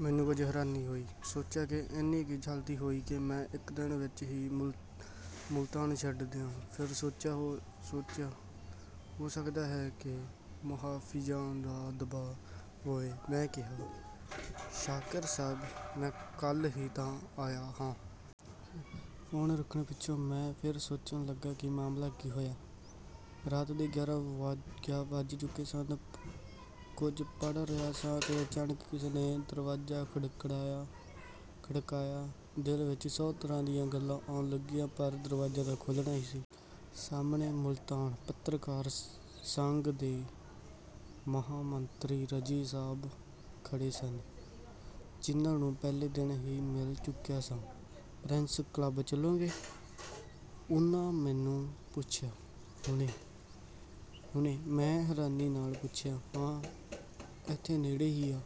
ਮੈਨੂੰ ਕੁਝ ਹੈਰਾਨੀ ਹੋਈ। ਸੋਚਿਆ ਕਿ ਏਨੀ ਕੀ ਜਲਦੀ ਹੋਈ ਕਿ ਮੈਂ ਇਕ ਦਿਨ ਵਿੱਚ ਹੀ ਮੁਲਤਾਨ ਛੱਡ ਦਿਆਂ? ਫੇਰ ਸੋਚਿਆ, ਹੋ ਸਕਦਾ ਹੈ ਕਿ 'ਮੋਹਾਫ਼ਿਜ਼ਾਂ' ਦਾ ਦਬਾਅ ਹੋਵੇ। ਮੈਂ ਕਿਹਾ, "ਸ਼ਾਕਿਰ ਸਾਹਬ, ਮੈਂ ਕੱਲ੍ਹ ਹੀ ਤਾਂ ਆਇਆ ਆਂ। ਫ਼ੋਨ ਰੱਖਣ ਪਿੱਛੋਂ ਮੈਂ ਫੇਰ ਸੋਚਣ ਲੱਗਾ ਕਿ ਮਾਮਲਾ ਕੀ ਹੋਇਆ? ਰਾਤ ਦੇ ਗਿਆਰਾਂ ਵੱਜ ਚੁੱਕੇ ਸਨ। ਕੁਝ ਪੜ੍ਹ ਰਿਹਾ ਸਾਂ ਕਿ ਅਚਾਨਕ ਕਿਸੇ ਨੇ ਦਰਵਾਜ਼ਾ ਖੜਕਾਇਆ। ਦਿਲ ਵਿੱਚ ਸੌ ਤਰ੍ਹਾਂ ਦੀਆਂ ਗੱਲਾਂ ਆਉਣ ਲੱਗੀਆਂ, ਪਰ ਦਰਵਾਜ਼ਾ ਤਾਂ ਖੋਲ੍ਹਣਾ ਹੀ ਸੀ। ਸਾਹਮਣੇ ਮੁਲਤਾਨ ਪੱਤਰਕਾਰ ਸੰਘ ਦੇ ਮਹਾਮੰਤਰੀ ਰਜ਼ੀ ਸਾਹਬ ਖੜ੍ਹੇ ਸਨ, ਜਿਨ੍ਹਾਂ ਨੂੰ ਪਹਿਲੇ ਦਿਨ ਹੀ ਮਿਲ ਚੁੱਕਿਆ ਸਾਂ। "ਪ੍ਰੈਸ ਕਲੱਬ ਚਲੋਗੇ?" ਉਹਨਾਂ ਮੈਨੂੰ ਪੁੱਛਿਆ। "ਹੁਣੇ!" ਮੈਂ ਹੈਰਾਨੀ ਨਾਲ ਪੁੱਛਿਆ। "ਹਾਂ... ਇੱਥੇ ਨੇੜੇ ਹੀ ਏ।"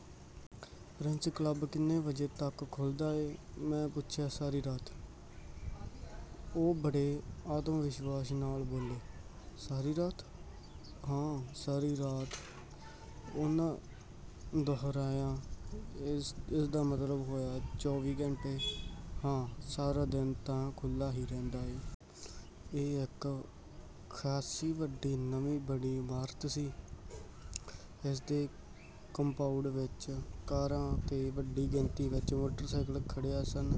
"ਪ੍ਰੈਸ ਕਲੱਬ ਕਿੰਨੇ ਵਜੇ ਤੱਕ ਖੁੱਲ੍ਹਦਾ ਏ?" ਮੈਂ ਪੁੱਛਿਆ। "ਸਾਰੀ ਰਾਤ।" ਉਹ ਬੜੇ ਆਤਮ-ਵਿਸ਼ਵਾਸ ਨਾਲ ਬੋਲੇ। "ਸਾਰੀ ਰਾਤ?" "ਹਾਂ... ਸਾਰੀ ਰਾਤ।" ਉਹਨਾਂ ਦੋਹਰਾਇਆ। "ਇਸਦਾ ਮਤਲਬ ਹੋਇਆ ਚੌਵੀ ਘੰਟੇ?" "ਹਾਂ... ਸਾਰਾ ਦਿਨ ਤਾਂ ਖੁੱਲ੍ਹਾ ਹੀ ਰਹਿੰਦਾ ਏ।" ਇਹ ਇਕ ਖਾਸੀ ਵੱਡੀ, ਨਵੀਂ ਬਣੀ ਇਮਾਰਤ ਸੀ। ਇਸਦੇ ਕੰਪਾਊਂਡ ਵਿੱਚ ਕਾਰਾਂ ਤੇ ਵੱਡੀ ਗਿਣਤੀ ਵਿੱਚ ਮੋਟਰ-ਸਾਈਕਲਾਂ ਖੜ੍ਹੀਆਂ ਸਨ।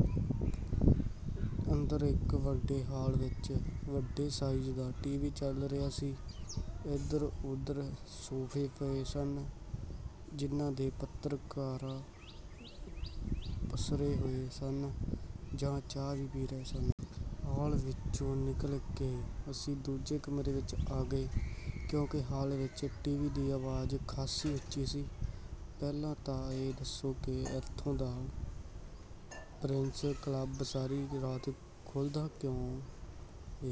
ਅੰਦਰ ਇਕ ਵੱਡੇ ਹਾਲ ਵਿੱਚ ਵੱਡੇ ਸਾਈਜ਼ ਦਾ ਟੀਵੀ ਚੱਲ ਰਿਹਾ ਸੀ। ਇਧਰ-ਉਧਰ ਸੋਫੇ ਪਏ ਸਨ, ਜਿਨ੍ਹਾਂ 'ਤੇ ਪੱਤਰਕਾਰ ਪੱਸਰੇ ਹੋਏ ਸਨ ਜਾਂ ਚਾਹ ਪੀ ਰਹੇ ਸਨ। ਹਾਲ ਵਿੱਚੋਂ ਨਿਕਲ ਕੇ ਅਸੀਂ ਦੂਜੇ ਕਮਰੇ ਵਿੱਚ ਆ ਗਏ, ਕਿਉਂਕਿ ਹਾਲ ਵਿੱਚ ਟੀਵੀ ਦੀ ਆਵਾਜ਼ ਖਾਸੀ ਉੱਚੀ ਸੀ। "ਪਹਿਲਾਂ ਤਾਂ ਇਹ ਦੱਸੋ ਕਿ ਇੱਥੋਂ ਦਾ ਪ੍ਰੈਸ ਕਲੱਬ ਸਾਰੀ ਰਾਤ ਕਿਉਂ ਖੁੱਲ੍ਹਦਾ ਏ?"